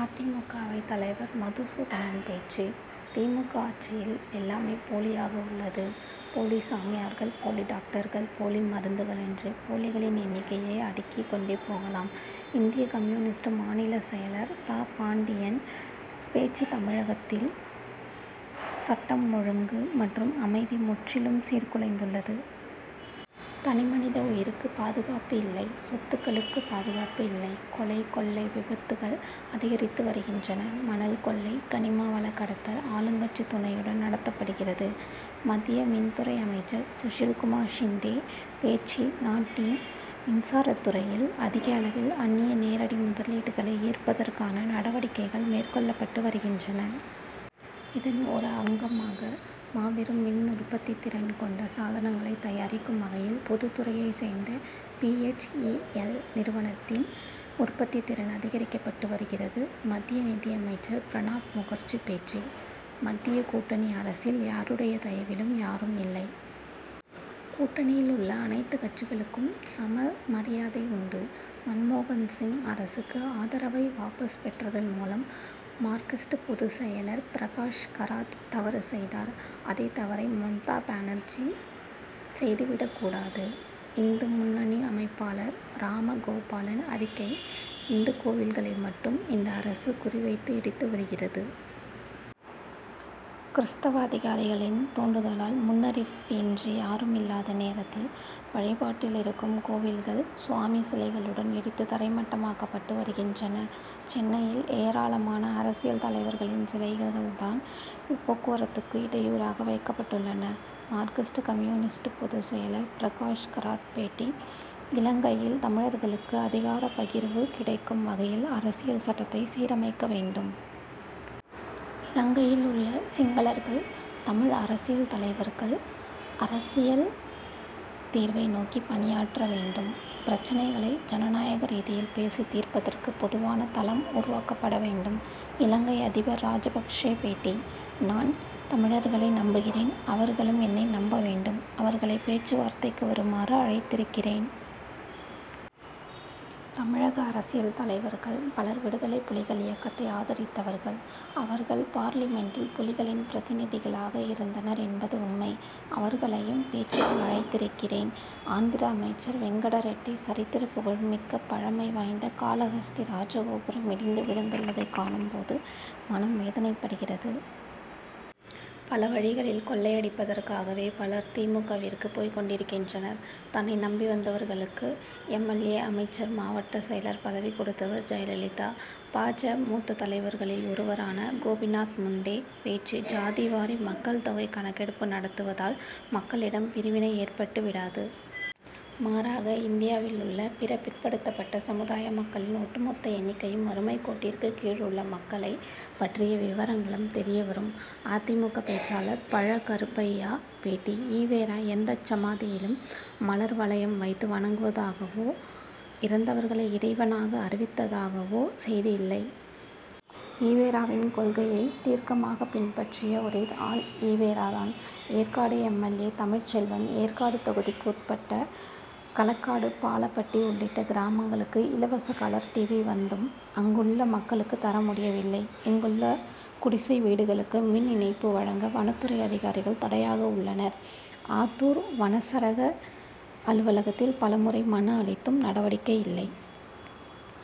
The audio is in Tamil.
அ. தி. மு. க. அவைத் தலைவர் மதுசூதனன் பேச்சு தி. மு. க. ஆட்சியில் எல்லாமே போலியாக உள்ளது. போலி சாமியார்கள் போலி டாக்டர்கள் போலி மருந்துகள் என்று போலிகளின் எண்ணிக்கையை அடுக்கிக் கொண்டே போகலாம். இந்திய கம்யூனிஸ்ட் மாநில செயலர் தா. பாண்டியன் பேச்சு தமிழகத்தில் சட்டம் ஒழுங்கு மற்றும் அமைதி முற்றிலும் சீர்குலைந்துள்ளது. தனி மனித உயிருக்கு பாதுகாப்பு இல்லை சொத்துகளுக்கு பாதுகாப்பு இல்லை. கொலை கொள்ளை விபத்துகள் அதிகரித்து வருகின்றன. மணல் கொள்ளை கனிம வள கடத்தல் ஆளுங்கட்சி துணையுடன் நடத்தப்படுகிறது. மத்திய மின் துறை அமைச்சர் சுஷில்குமார் ஷிண்டே பேச்சு நாட்டின் மின்சாரத் துறையில் அதிக அளவில் அன்னிய நேரடி முதலீடுகளை ஈர்ப்பதற்கான நடவடிக்கைகள் மேற்கொள்ளப்பட்டு வருகின்றன. இதன் ஒரு அங்கமாக மாபெரும் மின் உற்பத்தி திறன் கொண்ட சாதனங்களை தயாரிக்கும் வகையில் பொதுத் துறையைச் சேர்ந்த பி. எச். இ. எல். நிறுவனத்தின் உற்பத்தி திறன் அதிகரிக்கப்பட்டு வருகிறது. மத்திய நிதியமைச்சர் பிரணாப் முகர்ஜி பேச்சு மத்திய கூட்டணி அரசில் யாருடைய தயவிலும் யாரும் இல்லை. கூட்டணியில் உள்ள அனைத்து கட்சிகளுக்கும் சம மரியாதை உண்டு. மன்மோகன் சிங் அரசுக்கு ஆதரவை வாபஸ் பெற்றதன் மூலம் மார்க்சிஸ்ட் பொதுச் செயலர் பிரகாஷ் கராத் தவறு செய்தார். அதே தவறை மம்தா பானர்ஜி செய்து விடக் கூடாது. இந்து முன்னணி அமைப்பாளர் ராம. கோபாலன் அறிக்கை இந்து கோவில்களை மட்டும் இந்த அரசு குறி வைத்து இடித்து வருகிறது. கிறிஸ்தவ அதிகாரிகளின் தூண்டுதலால் முன்னறிவிப்பு இன்றி யாரும் இல்லாத நேரத்தில் வழிபாட்டில் இருக்கும் கோவில்கள் சுவாமி சிலைகளுடன் இடித்து தரைமட்டமாக்கப்பட்டு வருகின்றன. சென்னையில் ஏராளமான அரசியல் தலைவர்களின் சிலைகள் தான் போக்குவரத்துக்கு இடையூறாக வைக்கப்பட்டுள்ளன. மார்க்சிஸ்ட் கம்யூனிஸ்ட் பொதுச் செயலர் பிரகாஷ் கராத் பேட்டி இலங்கையில் தமிழர்களுக்கு அதிகாரப் பகிர்வு கிடைக்கும் வகையில் அரசியல் சட்டத்தை சீரமைக்க வேண்டும். இலங்கையில் உள்ள சிங்களர்கள் தமிழ் அரசியல் தலைவர்கள் அரசியல் தீர்வை நோக்கி பணியாற்ற வேண்டும். பிரச்னைகளை ஜனநாயக ரீதியில் பேசித் தீர்ப்பதற்கு பொதுவான தளம் உருவாக்கப்பட வேண்டும். இலங்கை அதிபர் ராஜபக்ஷே பேட்டி நான் தமிழர்களை நம்புகிறேன் அவர்களும் என்னை நம்ப வேண்டும். அவர்களை பேச்சுவார்த்தைக்கு வருமாறு அழைத்திருக்கிறேன். தமிழக அரசியல் தலைவர்கள் பலர் விடுதலைப்புலிகள் இயக்கத்தை ஆதரித்தவர்கள். அவர்கள் பார்லிமென்டில் புலிகளின் பிரதிநிதிகளாக இருந்தனர் என்பது உண்மை. அவர்களையும் பேச்சுக்கு அழைத்திருக்கிறேன். ஆந்திரா அமைச்சர் வெங்கட ரெட்டி சரித்திர புகழ்மிக்க பழமை வாய்ந்த காளஹஸ்தி ராஜகோபுரம் இடிந்து விழுந்துள்ளதை காணும் போது மனம் வேதனைப்படுகிறது. பல வழிகளில் கொள்ளை அடிப்பதற்காகவே பலர் தி. மு. க.விற்கு போய் கொண்டிருக்கின்றனர். தன்னை நம்பி வந்தவர்களுக்கு எம். எல். ஏ. அமைச்சர் மாவட்ட செயலர் பதவி கொடுத்தவர் ஜெயலலிதா. பா. ஜ. மூத்த தலைவர்களில் ஒருவரான கோபிநாத் முண்டே பேச்சு ஜாதி வாரி மக்கள் தொகை கணக்கெடுப்பு நடத்துவதால் மக்களிடம் பிரிவினை ஏற்பட்டு விடாது. மாறாக இந்தியாவில் உள்ள பிற பிற்படுத்தப்பட்ட சமுதாய மக்களின் ஒட்டுமொத்த எண்ணிக்கையும் வறுமைக்கோட்டிற்கு கீழ் உள்ள மக்களை பற்றிய விவரங்களும் தெரிய வரும். அ. தி. மு. க. பேச்சாளர் பழ. கருப்பையா பேட்டி ஈ. வெ. ரா. எந்தச் சமாதியிலும் மலர் வளையம் வைத்து வணங்கியதாகவோ இறந்தவர்களை இறைவனாக அறிவித்ததாகவோ செய்தியில்லை. ஈ. வெ. ரா.வின் கொள்கையைத் தீர்க்கமாகப் பின்பற்றிய ஒரே ஆள் ஈ. வெ. ரா. தான். Yercaud M. L. A. Tamilselvan Yercaud தொகுதிக்கு உட்பட்ட களக்காடு பாலப்பட்டி உள்ளிட்ட கிராமங்களுக்கு இலவச கலர் டிவி' வந்தும் அங்குள்ள மக்களுக்கு தர முடியவில்லை. இங்குள்ள குடிசை வீடுகளுக்கு மின் இணைப்பு வழங்க வனத்துறை அதிகாரிகள் தடையாக உள்ளனர். ஆத்தூர் வனச்சரக அலுவலகத்தில் பலமுறை மனு அளித்தும் நடவடிக்கை இல்லை.